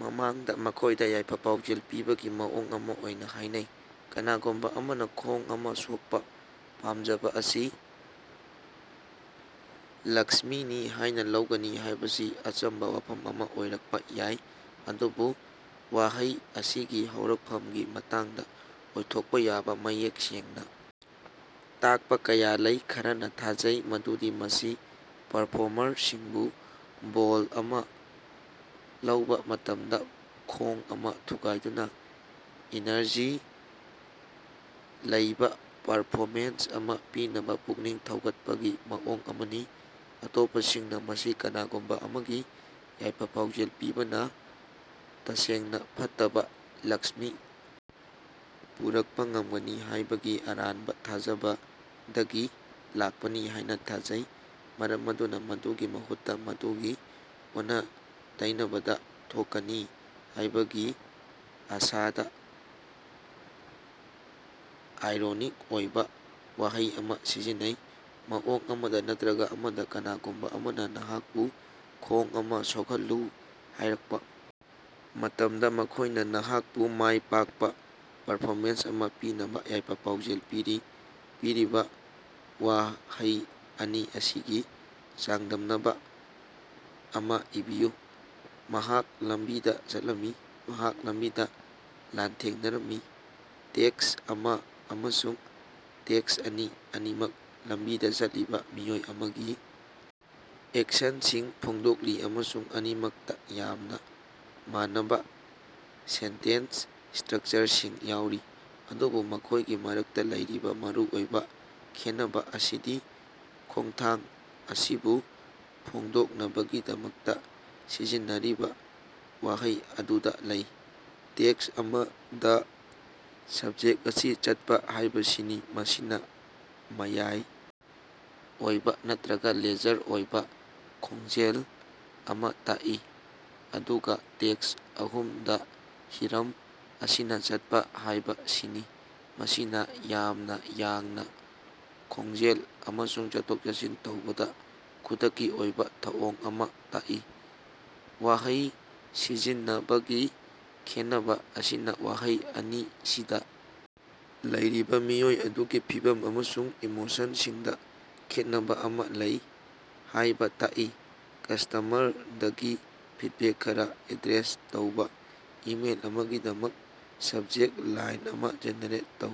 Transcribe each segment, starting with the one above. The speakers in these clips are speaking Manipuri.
ꯃꯃꯥꯡꯗ ꯃꯈꯣꯏꯗ ꯌꯥꯏꯐ-ꯄꯥꯎꯖꯦꯜ ꯄꯤꯕꯒꯤ ꯃꯑꯣꯡ ꯑꯃ ꯑꯣꯏꯅ ꯍꯥꯏꯅꯩ꯫ ꯀꯅꯥꯒꯨꯝꯕ ꯑꯃꯅ ꯈꯣꯡ ꯑꯃ ꯁꯣꯛꯄꯥ ꯄꯥꯃꯖꯕ ꯑꯁꯤ ꯂꯛꯁ꯭ꯃꯤꯅꯤ ꯍꯥꯏꯅ ꯂꯧꯒꯅꯤ ꯍꯥꯏꯕꯁꯤ ꯑꯆꯝꯕ ꯋꯥꯐꯝ ꯑꯃ ꯑꯣꯏꯔꯛꯄ ꯌꯥꯏ, ꯑꯗꯨꯕꯨ ꯋꯥꯍꯩ ꯑꯁꯤꯒꯤ ꯍꯧꯔꯛꯐꯃꯒꯤ ꯃꯇꯥꯡꯗ ꯑꯣꯏꯊꯣꯛꯄꯥ ꯌꯥꯕꯥ ꯃꯌꯦꯛ ꯁꯦꯡꯅ ꯇꯥꯛꯄ ꯀꯌꯥ ꯂꯩ꯫ ꯈꯔꯅ ꯊꯥꯖꯩ ꯃꯗꯨꯗꯤ ꯃꯁꯤ ꯄꯔꯐ꯭ꯣꯔꯃꯔꯁꯤꯡꯕꯨ ꯕꯣꯜ ꯑꯃ ꯂꯧꯕ ꯃꯇꯝꯗ "ꯈꯣꯡ ꯑꯃꯥ ꯊꯨꯒꯥꯏꯗꯨꯅꯥ" ꯏꯅꯔꯖꯤ ꯂꯩꯕ ꯄꯔꯐꯣꯃꯦꯟꯁ ꯑꯃ ꯄꯤꯅꯕ ꯄꯨꯛꯅꯤꯡ ꯊꯧꯒꯠꯄꯒꯤ ꯃꯑꯣꯡ ꯑꯃꯅꯤ꯫ ꯑꯇꯣꯞꯄꯁꯤꯡꯅ ꯃꯁꯤ ꯀꯅꯥꯒꯨꯝꯕ ꯑꯃꯒꯤ ꯌꯥꯏꯐ-ꯄꯥꯎꯖꯦꯜ ꯄꯤꯕꯅ ꯇꯁꯦꯡꯅꯥ ꯐꯠꯇꯕ ꯂꯛꯁ꯭ꯃꯤ ꯄꯨꯔꯛꯄ ꯉꯝꯒꯅꯤ ꯍꯥꯏꯕꯒꯤ ꯑꯔꯥꯟꯕ ꯊꯥꯖꯕꯗꯒꯤ ꯂꯥꯛꯄꯅꯤ ꯍꯥꯏꯅ ꯊꯥꯖꯩ, ꯃꯔꯝ ꯑꯗꯨꯅ ꯃꯗꯨꯒꯤ ꯃꯍꯨꯠꯇ, ꯃꯗꯨꯒꯤ ꯑꯣꯟꯅ-ꯇꯩꯅꯕꯗ ꯊꯣꯛꯀꯅꯤ ꯍꯥꯏꯕꯒꯤ ꯑꯥꯁꯥꯗ ꯑꯥꯏꯔꯣꯅꯤꯛ ꯑꯣꯏꯕ ꯋꯥꯍꯩ ꯑꯃ ꯁꯤꯖꯤꯟꯅꯩ꯫ ꯃꯑꯣꯡ ꯑꯃꯗ ꯅꯠꯇꯔꯒ ꯑꯃꯗ, ꯀꯅꯥꯒꯨꯝꯕ ꯑꯃꯅ ꯅꯍꯥꯛꯄꯨ "ꯈꯣꯡ ꯑꯃꯥ ꯁꯣꯛꯍꯜꯂꯨ" ꯍꯥꯏꯔꯛꯄꯥ ꯃꯇꯝꯗ, ꯃꯈꯣꯏꯅ ꯅꯍꯥꯀꯄꯨ ꯃꯥꯏ ꯄꯥꯛꯄ ꯄꯔꯐꯣꯃꯦꯟꯁ ꯑꯃꯥ ꯄꯤꯅꯕ ꯌꯥꯏꯐ-ꯄꯥꯎꯖꯦꯜ ꯄꯤꯔꯤ꯫ ꯄꯤꯔꯤꯕ ꯋꯥꯍꯩ ꯑꯅꯤ ꯑꯁꯤꯒꯤ ꯆꯥꯡꯗꯝꯅꯕ ꯑꯃꯥ ꯏꯕꯤꯌꯨ꯫ ꯃꯍꯥꯛ ꯂꯝꯕꯤꯗ ꯆꯠꯂꯝꯃꯤ꯫ ꯃꯍꯥꯛ ꯂꯝꯕꯤꯗ ꯂꯥꯟꯊꯦꯡꯅꯔꯝꯃꯤ꯫ ꯇꯦꯛꯁ ꯑꯃ ꯑꯃꯁꯨꯡ ꯇꯦꯛꯁ ꯑꯅꯤ ꯑꯅꯤꯃꯛ ꯂꯝꯕꯤꯗ ꯆꯠꯂꯤꯕ ꯃꯤꯑꯣꯏ ꯑꯃꯒꯤ ꯑꯦꯛꯁꯟꯁꯤꯡ ꯐꯣꯡꯗꯣꯛꯂꯤ, ꯑꯃꯁꯨꯡ ꯑꯅꯤꯃꯛꯇ ꯌꯥꯝꯅ ꯃꯥꯟꯅꯕ ꯁꯦꯟꯇꯦꯟꯁ ꯁ꯭ꯇꯔꯛꯆꯔꯁꯤꯡ ꯌꯥꯎꯔꯤ꯫ ꯑꯗꯨꯕꯨ ꯃꯈꯣꯏꯒꯤ ꯃꯔꯛꯇ ꯂꯩꯔꯤꯕ ꯃꯔꯨ ꯑꯣꯏꯕ ꯈꯦꯟꯅꯕ ꯑꯁꯤꯗꯤ ꯈꯣꯡꯊꯥꯡ ꯑꯁꯤꯕꯨ ꯐꯣꯡꯗꯣꯛꯅꯕꯒꯤꯗꯃꯛꯇ ꯁꯤꯖꯤꯟꯅꯔꯤꯕ ꯋꯥꯍꯩ ꯑꯗꯨꯗ ꯂꯩ꯫ ꯇꯦꯛꯁ ꯑꯃ ꯗ ꯁꯕꯖꯦꯛ ꯑꯁꯤ "ꯆꯠꯄ" ꯍꯥꯏꯕꯁꯤꯅꯤ ꯃꯁꯤꯅ ꯃꯌꯥꯏ ꯑꯣꯏꯕꯥ ꯅꯠꯇꯔꯒ ꯂꯦꯖꯔ ꯑꯣꯏꯕ ꯈꯣꯡꯖꯦꯜ ꯑꯃ ꯇꯥꯛꯏ, ꯑꯗꯨꯒꯥ ꯇꯦꯛꯁ ꯑꯍꯨꯝ ꯗꯥ ꯍꯤꯔꯝ ꯑꯁꯤꯅꯥ "ꯆꯠꯄ" ꯍꯥꯌꯕꯁꯤꯅꯤ ꯃꯁꯤꯅ ꯌꯥꯝꯅꯥ ꯌꯥꯡꯅ ꯈꯣꯡꯖꯦꯜ ꯑꯃꯁꯨꯡ ꯆꯠꯊꯣꯛ-ꯆꯠꯁꯤꯟ ꯇꯧꯕꯗ ꯈꯨꯗꯛꯀꯤ ꯑꯣꯏꯕ ꯊꯧꯑꯣꯡ ꯑꯃ ꯇꯥꯛꯏ꯫ ꯋꯥꯍꯩ ꯁꯤꯖꯤꯟꯅꯕꯒꯤ ꯈꯦꯟꯅꯕ ꯑꯁꯤꯅ ꯋꯥꯍꯩ ꯑꯅꯤꯁꯤꯗ ꯂꯩꯔꯤꯕ ꯃꯤꯑꯣꯏ ꯑꯗꯨꯒꯤ ꯐꯤꯚꯝ ꯑꯃꯁꯨꯡ ꯏꯃꯣꯁꯟꯁꯤꯡꯗ ꯈꯦꯠꯅꯕ ꯑꯃꯥ ꯂꯩ ꯍꯥꯌꯕ ꯇꯥꯛꯏ꯫ ꯀꯁ꯭ꯇꯃꯔꯗꯒꯤ ꯐꯤꯗꯕꯦꯛ ꯈꯔꯥ ꯑꯦꯗ꯭ꯔꯦꯁ ꯇꯧꯕ ꯏꯃꯦꯜ ꯑꯃꯒꯤꯗꯃꯛ ꯁꯕꯖꯦꯛ ꯂꯥꯏꯟ ꯑꯃꯥ ꯖꯦꯅꯦꯔꯦꯠ ꯇꯧ꯫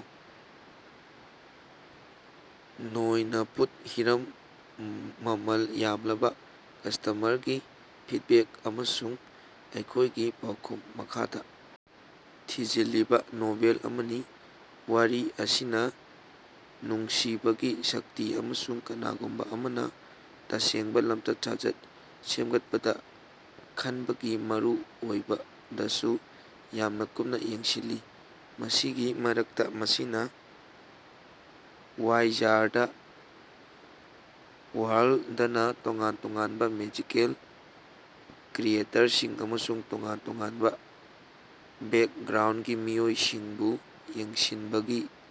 ꯅꯣꯏꯅꯄꯨꯠ ꯍꯤꯔꯝ ꯃꯃꯜ ꯌꯥꯝꯂꯕ ꯀꯁ꯭ꯇꯃꯔꯒꯤ ꯐꯤꯗꯕꯦꯛ ꯑꯃꯁꯨꯡ ꯑꯩꯈꯣꯏꯒꯤ ꯄꯥꯎꯈꯨꯝ꯫ ꯃꯈꯥꯗꯥ ꯊꯤꯖꯤꯜꯂꯤꯕ ꯅꯣꯚꯦꯜ ꯑꯃꯅꯤ꯫ ꯋꯥꯔꯤ ꯑꯁꯤꯅ ꯅꯨꯡꯁꯤꯕꯒꯤ ꯁꯛꯇꯤ ꯑꯃꯁꯨꯡ ꯀꯅꯥꯒꯨꯝꯕ ꯑꯃꯅ ꯇꯁꯦꯡꯕ ꯂꯃꯆꯠ-ꯁꯥꯖꯠ ꯁꯦꯃꯒꯠꯄꯗ ꯈꯟꯕꯒꯤ ꯃꯔꯨꯑꯣꯏꯕꯗꯁꯨ ꯌꯥꯝꯅ ꯀꯨꯞꯅ ꯌꯦꯡꯁꯤꯜꯂꯤ꯫ ꯃꯁꯤꯒꯤ ꯃꯔꯛꯇ, ꯃꯁꯤꯅ ꯋꯥꯏꯖꯥꯔꯗ ꯋꯥꯔꯜꯗꯅ ꯇꯣꯉꯥꯟ ꯇꯣꯉꯥꯅꯕ ꯃꯦꯖꯤꯀꯦꯜ ꯀ꯭ꯔꯤꯌꯦꯇꯔꯁꯤꯡ ꯑꯃꯁꯨꯡ ꯇꯣꯉꯥꯟ ꯇꯣꯉꯥꯟꯕ ꯕꯦꯀꯒ꯭ꯔꯥꯎꯟꯒꯤ ꯃꯤꯑꯣꯏꯁꯤꯡꯕꯨ ꯌꯦꯡꯁꯤꯟꯕꯒꯤ